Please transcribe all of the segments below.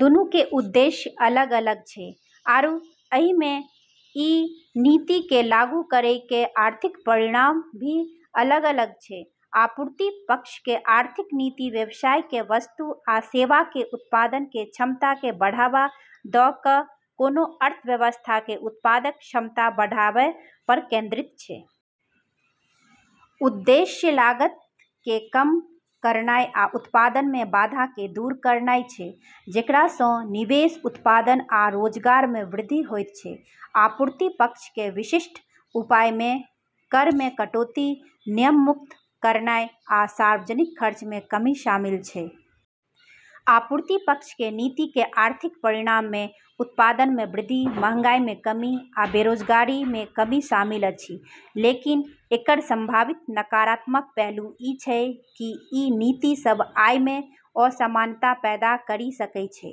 दूनू के उद्देश्य अलग-अलग छै, आरू एहि में ई नीति के लागू करै के आर्थिक परिणाम भी अलग-अलग छै। आपूर्ति पक्ष के आर्थिक नीति व्यवसाय के वस्तु आ सेवा के उत्पादन के क्षमता के बढ़ावा दऽ कऽ कोनो अर्थव्यवस्था के उत्पादक क्षमता बढ़ाबय पर केंद्रित छै। उद्देश्य लागत के कम करनाय आ उत्पादन में बाधा के दूर करनाय छै, जेकरा सँ निवेश, उत्पादन, आ रोजगार में वृद्धि होयत छै। आपूर्ति पक्ष के विशिष्ट उपाय में कर में कटौती, नियमनमुक्त करनाय, आ सार्वजनिक खर्च में कमी शामिल छै। आपूर्ति पक्ष के नीति के आर्थिक परिणाम में उत्पादन में वृद्धि, महंगाई में कमी, आ बेरोजगारी में कमी शामिल अछि। लेकिन एकर संभावित नकारात्मक पहलू ई छै कि ई नीति सब आय में असमानता पैदा करी सकै छै,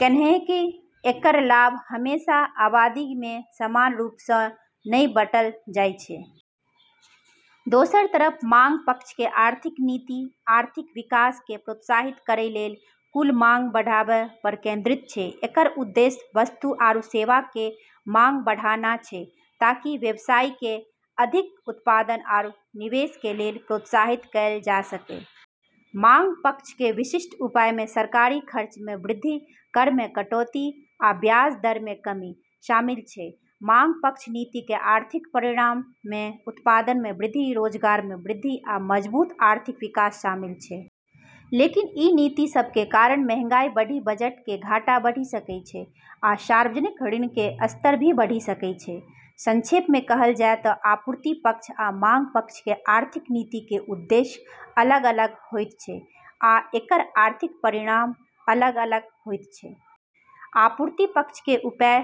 कैन्हेंकि एकर लाभ हमेशा आबादी में समान रूप सँ नै बँटल जाय छै। दोसर तरफ मांग पक्ष के आर्थिक नीति आर्थिक विकास केँ प्रोत्साहित करै लेल कुल मांग बढ़ाबय पर केंद्रित छै। एकर उद्देश्य वस्तु आरू सेवा के मांग बढ़ाना छै ताकि व्यवसायी केँ अधिक उत्पादन आरू निवेश के लेल प्रोत्साहित कएल जाय सकै। मांग पक्ष के विशिष्ट उपाय में सरकारी खर्च में वृद्धि, कर में कटौती, आ ब्याज दर में कमी शामिल छै। मांग पक्ष नीति के आर्थिक परिणाम में उत्पादन में वृद्धि, रोजगार में वृद्धि, आ मजबूत आर्थिक विकास शामिल छै। लेकिन ई नीति सब के कारण महंगाई बढ़ी, बजट के घाटा बढ़ी सकै छै, आ सार्वजनिक ऋण के स्तर भी बढ़ी सकै छै। संक्षेप में कहल जाय तऽ आपूर्ति पक्ष आ मांग पक्ष के आर्थिक नीति के उद्देश्य अलग-अलग होइत छै आ एकर आर्थिक परिणाम अलग-अलग होइत छै। आपूर्ति पक्ष के उपाय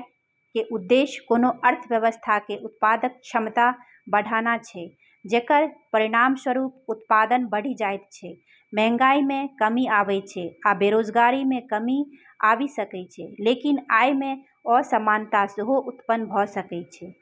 के उद्देश्य कोनो अर्थव्यवस्था के उत्पादक क्षमता बढ़ाना छै, जेकर परिणामस्वरूप उत्पादन बढ़ी जाइत छै, महंगाई में कमी आबै छै, आ बेरोजगारी में कमी आबी सकै छै, लेकिन आय में असमानता सेहो उत्पन्न भ' सकै छै।